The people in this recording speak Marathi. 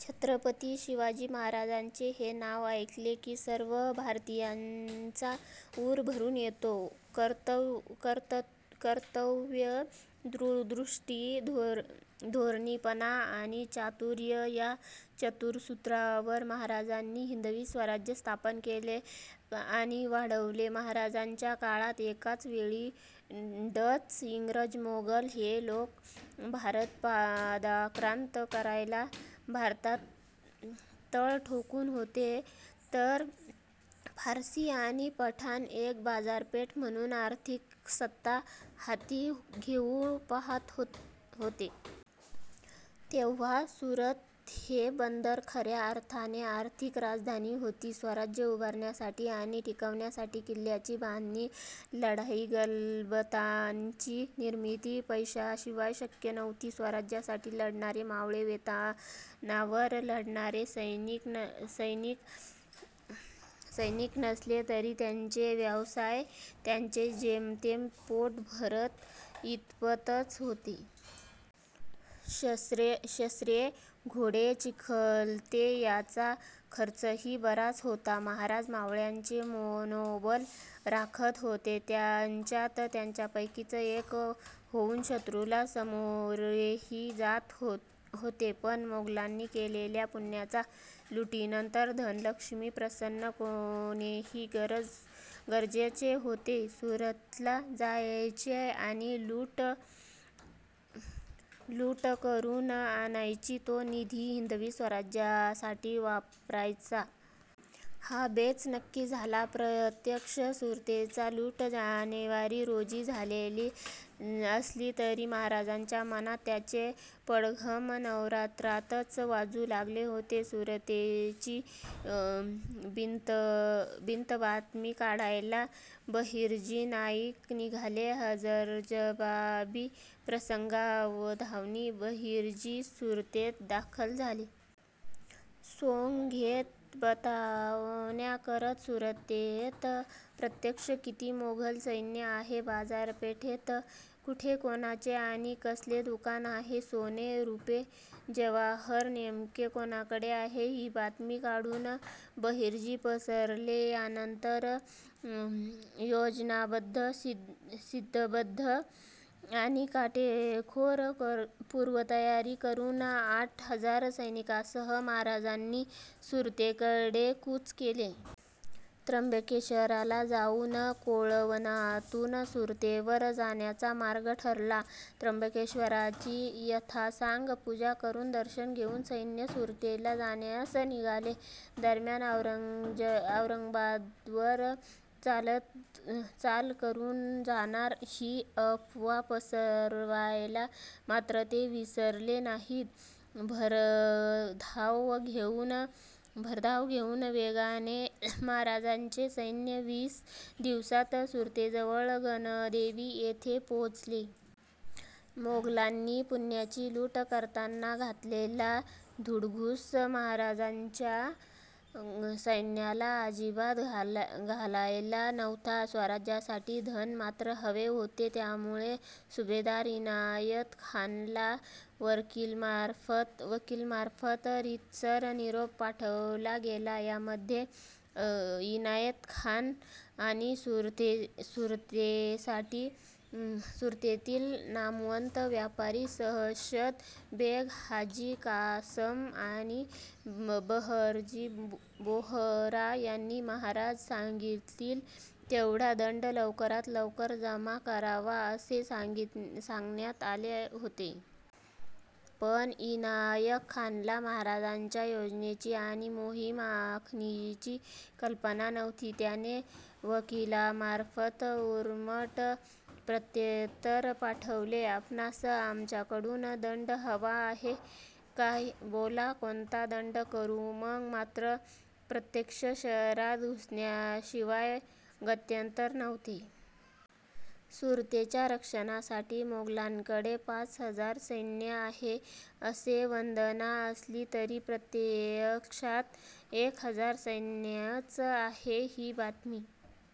छत्रपती शिवाजी महाराज हे नाव ऐकलं की सर्व भारतीयांचा ऊर भरून येतो. कर्तृत्व, दूरदृष्टी, धोरणीपणा आणि चातुर्य या चतुःसूत्रीवर महाराजांनी हिंदवी स्वराज्य स्थापन केले आणि वाढवले. महाराजांच्या काळात एकाच वेळी डच, इंग्रज, मोगल हे लोक भारत पादाक्रांत करायला भारतात तळ ठोकून होते; तर पारशी आणि पठाण एक बाजारपेठ म्हणून आर्थिक सत्ता हाती घेऊ पाहत होते. तेव्हा सुरत हे बंदर खऱ्या अर्थाने आर्थिक राजधानी होती. स्वराज्य उभारणीसाठी आणि टिकवण्यासाठी किल्ल्यांची बांधणी, लढाऊ गलबतांची निर्मिती पैशांशिवाय शक्य नव्हती. स्वराज्यासाठी लढणारे मावळे वेतनावर लढणारे सैनिक नसले तरी त्यांचे व्यवसाय त्यांचे जेमतेम पोट भरेल इतपतच होते. शस्त्रे, घोडे, चिलखते याचा खर्चही बराच होता. महाराज मावळ्यांचे मनोबल राखत होते. त्यांच्यात त्यांच्यापैकीच एक होऊन शत्रूला सामोरेही जात होते. पण मोगलांनी केलेल्या पुण्याच्या लुटीनंतर धनलक्ष्मी प्रसन्न होणेही गरजेचे होते. 'सुरतला जायचे आणि लूट करून आणायची; तो निधी हिंदवी स्वराज्यासाठी वापरायचा. ' हा बेत नक्की झाला. प्रत्यक्ष सुरतेची लूट जानेवारी रोजी झालेली असली तरी महाराजांच्या मनात त्याचे पडघम नवरात्रातच वाजू लागले होते. सुरतेची बित्तंबातमी काढायला बहिर्जी नाईक निघाले. हजरजबाबी, प्रसंगावधानी बहिर्जी सुरतेत दाखल झाले. सोंग घेत, बतावण्या करत सुरतेत प्रत्यक्ष किती मोगल सैन्य आहे? बाजारपेठेत कुठे कोणाचे आणि कसले दुकान आहे? सोने, रूपे, जवाहर नेमके कोणाकडे आहे? ही बातमी काढून बहिर्जी परतले. यानंतर योजनाबद्ध, शिस्तबद्ध आणि काटेकोर पूर्वतयारी करून आठ हजार सैनिकांसह महाराजांनी सुरतेकडे कूच केले. त्र्यंबकेश्वराला जाऊन कोळवणातून सुरतेवर जाण्याचा मार्ग ठरला. त्र्यंबकेश्वराची यथासांग पूजा करून, दर्शन घेऊन सैन्य सुरतेला जाण्यास निघाले. दरम्यान 'औरंगाबादवर चाल करून जाणार', ही अफवा पसरवायला मात्र ते विसरले नाहीत. भरधाव वेगाने महाराजांचे सैन्य वीस दिवसांत सुरतेजवळ गणदेवी येथे पोहोचले. मोगलांनी पुण्याची लूट करताना घातलेला धुडगूस महाराजांच्या सैन्याला अजिबात घालायचा नव्हता; स्वराज्यासाठी धन मात्र हवे होते. त्यामुळे सुभेदार इनायत खानला वकीलामार्फत रीतसर निरोप पाठवला गेला. यामध्ये इनायत खान आणि सुरतेतील नामवंत व्यापारी सय्यद बेग, हाजी कासम आणि बहरजी बोहरा यांनी महाराज सांगतील तेवढा दंड लवकरात लवकर जमा करावा असे सांगण्यात आले होते. पण इनायत खानला महाराजांच्या योजनेची आणि मोहीम आखणीची कल्पना नव्हती. त्याने वकिलामार्फत उर्मट प्रत्युत्तर पाठवले, "आपणास आमच्याकडून दंड हवा आहे काय? बोला, कोणता दंड करू? " मग मात्र प्रत्यक्ष शहरात घुसण्याशिवाय गत्यंतर नव्हते. सुरतेच्या रक्षणासाठी मोगलांकडे पाच हजार सैन्य आहे अशी वदंता असली तरी प्रत्यक्षात एक हजार सैन्यच आहे ही बातमी